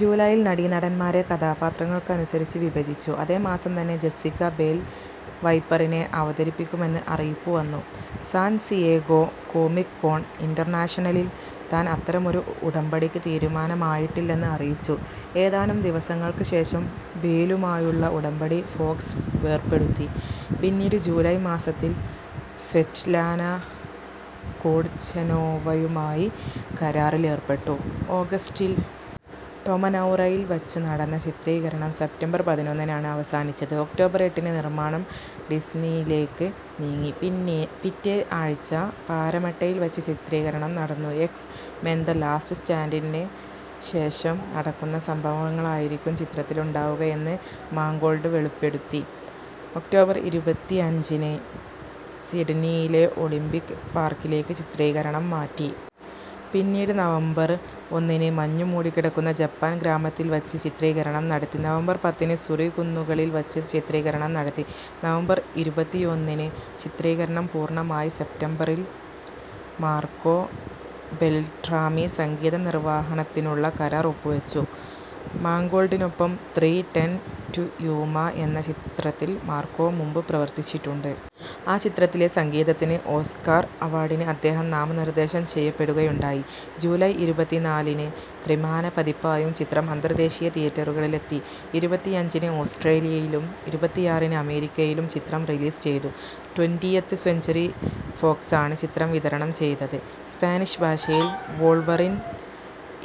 ജൂലൈയിൽ നടീനടന്മാരെ കഥാപാത്രങ്ങൾക്കനുസരിച്ച് വിഭജിച്ചു. അതേ മാസം തന്നെ ജെസ്സിക്ക ബേൽ വൈപ്പറിനെ അവതരിപ്പിക്കുമെന്ന് അറിയിപ്പുവന്നു. സാൻ സിയേഗോ കോമിക് കോൺ ഇന്റർനാഷണലിൽ താൻ അത്തരമൊരു ഉടമ്പടിക്ക് തീരുമാനമായിട്ടില്ലെന്ന് അറിയിച്ചു. ഏതാനും ദിവസങ്ങൾക്ക് ശേഷം ബേലുമായുള്ള ഉടമ്പടി ഫോക്സ് വേർപെടുത്തി. പിന്നീട് ജൂലൈ മാസത്തിൽ സ്വെറ്റ്ലാന കൊട്ചെനോവയുമായി കരാറിലേർപ്പെട്ടു. ഓഗസ്റ്റിൽ ടൊമനൗറയിൽ വച്ച് നടന്ന ചിത്രീകരണം സെപ്റ്റംബർ പതിനൊന്നിനാണ് അവസാനിച്ചത്. ഒക്ടോബർ എട്ടിന് നിർമ്മാണം ഡിസ്നിയിലേക്ക് നീങ്ങി. പിന്നെ പിറ്റേ ആഴ്ച പാരമട്ടയിൽ വച്ച് ചിത്രീകരണം നടന്നു. എക്സ് മെൻ ദ ലാസ്റ്റ് സ്റ്റാൻഡിന് ശേഷം നടക്കുന്ന സംഭവങ്ങളായിരിക്കും ചിത്രത്തിലുണ്ടാവുകയെന്ന് മാങ്കോൾഡ് വെളിപ്പെടുത്തി. ഒക്ടോബർ ഇരുപത്തിയഞ്ചിന് സിഡ്നിയിലെ ഒളിമ്പിക് പാർക്കിലേക്ക് ചിത്രീകരണം മാറ്റി. പിന്നീട് നവംബർ ഒന്നിന് മഞ്ഞുമൂടിക്കിടക്കുന്ന ജപ്പാൻ ഗ്രാമത്തിൽ വച്ച് ചിത്രീകരണം നടത്തി. നവംബർ പത്തിന് സുറി കുന്നുകളിൽ വച്ച് ചിത്രീകരണം നടത്തി. നവംബർ ഇരുപത്തിയൊന്നിന് ചിത്രീകരണം പൂർണമായി. സെപ്റ്റംബറിൽ മാർക്കോ ബെൽട്രാമി സംഗീത നിർവാഹണത്തിനുള്ള കരാർ ഒപ്പുവച്ചു. മാങ്കോൾഡിനൊപ്പം ത്രീ ടെൻ ടു യൂമ എന്ന ചിത്രത്തിൽ മാർക്കോ മുമ്പ് പ്രവർത്തിച്ചിട്ടുണ്ട്. ആ ചിത്രത്തിലെ സംഗീതത്തിന് ഓസ്കർ അവാർഡിന് അദ്ദേഹം നാമനിർദ്ദേശം ചെയ്യപ്പെടുകയുണ്ടായി. ജൂലൈ ഇരുപത്തിനാലിന് ത്രിമാന പതിപ്പായും ചിത്രം അന്തർദേശീയ തിയേറ്ററുകളിലെത്തി. ഇരുപത്തിയഞ്ചിന് ഓസ്ട്രേലിയയിലും ഇരുപത്തിയാറിന് അമേരിക്കയിലും ചിത്രം റിലീസ് ചെയ്തു. ട്വന്റിയത്ത് സെഞ്ച്വറി ഫോക്സാണ് ചിത്രം വിതരണം ചെയ്തത്. സ്പാനിഷ് ഭാഷയിൽ വോൾവറിൻ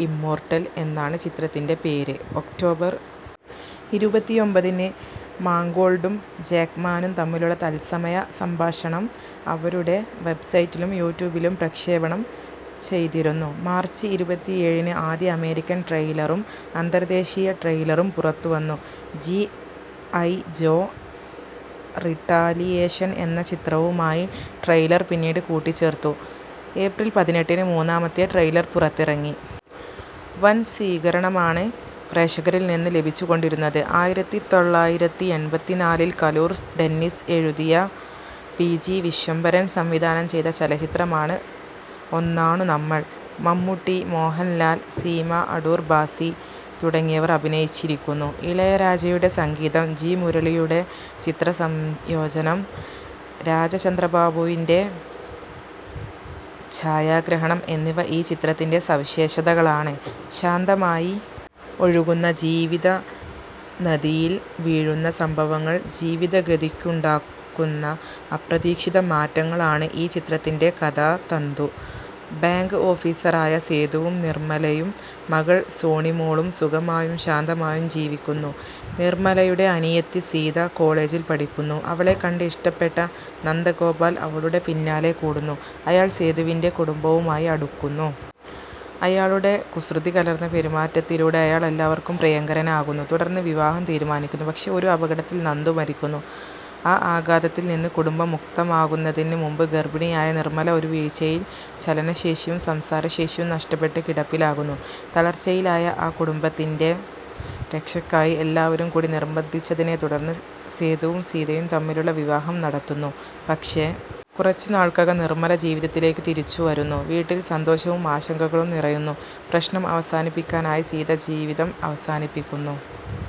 ഇമ്മോർട്ടൽ എന്നാണ് ചിത്രത്തിൻ്റെ പേര്. ഒക്ടോബർ ഇരുപത്തിയൊമ്പതിന് മാങ്കോൾഡും ജാക്ക്മാനും തമ്മിലുള്ള തത്സമയ സംഭാഷണം അവരുടെ വെബ്സൈറ്റിലും യൂട്യൂബിലും പ്രക്ഷേപണം ചെയ്തിരുന്നു. മാർച്ച് ഇരുപത്തിയേഴിന് ആദ്യ അമേരിക്കൻ ട്രെയിലറും അന്തർദേശീയ ട്രെയിലറും പുറത്തുവന്നു. ജി ഐ ജോ റിടാലിയേഷൻ എന്ന ചിത്രവുമായി ട്രെയിലർ പിന്നീട് കൂട്ടിച്ചേർത്തു. ഏപ്രിൽ പതിനെട്ടിന് മൂന്നാമത്തെ ട്രെയിലർ പുറത്തിറങ്ങി. വൻ സ്വീകരണമാണ് പ്രേക്ഷകരിൽ നിന്ന് ലഭിച്ചുകൊണ്ടിരുന്നത്. ആയിരത്തി തൊള്ളായിരത്തി എൺപത്തിനാലിൽ കലൂർ ഡെന്നിസ് എഴുതി പി ജി വിശ്വംഭരൻ സംവിധാനം ചെയ്ത ചലച്ചിത്രമാണ് ഒന്നാണു നമ്മൾ. മമ്മൂട്ടി, മോഹൻലാൽ, സീമ, അടൂർ ഭാസി തുടങ്ങിയവർ അഭിനയിച്ചിരിക്കുന്നു. ഇളയരാജയുടെ സംഗീതം, ജി മുരളിയുടെ ചിത്രസംയോജനം, രാചചന്ദ്രബാബുവിൻ്റെ ഛായാഗ്രഹണം എന്നിവ ഈ ചിത്രത്തിൻ്റെ സവിശേഷതകളാണ്. ശാന്തമായി ഒഴുകുന്ന ജീവിതനദിയിൽ വീഴുന്ന സംഭവങ്ങൾ ജീവിതഗതിക്കുണ്ടാക്കുന്ന അപ്രതീക്ഷിത മാറ്റങ്ങളാണ് ഈ ചിത്രത്തിൻ്റെ കഥാതന്തു. ബാങ്ക് ഓഫീസറായ സേതുവും നിർമ്മലയും മകൾ സോണിമോളും സുഖമായും ശാന്തമായും ജീവിക്കുന്നു. നിർമ്മലയുടെ അനിയത്തി സീത കോളജിൽ പഠിക്കുന്നു. അവളെ കണ്ട് ഇഷ്ടപ്പെട്ട നന്ദഗോപാൽ അവളുടെ പിന്നാലെ കൂടുന്നു. അയാൾ സേതുവിൻ്റെ കുടുംബവുമായി അടുക്കുന്നു. അയാളുടെ കുസൃതികലർന്ന പെരുമാറ്റത്തിലൂടെ അയാൾ എല്ലാവർക്കും പ്രിയങ്കരനാകുന്നു. തുടർന്ന് വിവാഹം തീരുമാനിക്കുന്നു. പക്ഷേ ഒരു അപകടത്തിൽ നന്ദു മരിക്കുന്നു. ആ ആഘാതത്തിൽ നിന്ന് കുടുംബം മുക്തമാകുന്നതിന് മുമ്പ് ഗർഭിണിയായ നിർമ്മല ഒരു വീഴ്ചയിൽ ചലനശേഷിയും സംസാരശേഷിയും നഷ്ടപ്പെട്ട് കിടപ്പിലാകുന്നു. തളർച്ചയിലായ ആ കുടുംബത്തിൻ്റെ രക്ഷയ്ക്കായി എല്ലാവരും കൂടി നിർബന്ധിച്ചതിനെ തുടർന്ന് സേതുവും സീതയും തമ്മിലുള്ള വിവാഹം നടത്തുന്നു. പക്ഷേ കുറച്ച് നാൾക്കകം നിർമ്മല ജീവിതത്തിലേക്ക് തിരിച്ചുവരുന്നു. വീട്ടിൽ സന്തോഷവും ആശങ്കകളും നിറയുന്നു. പ്രശ്നം അവസാനിപ്പിക്കാനായി സീത ജീവിതം അവസാനിപ്പിക്കുന്നു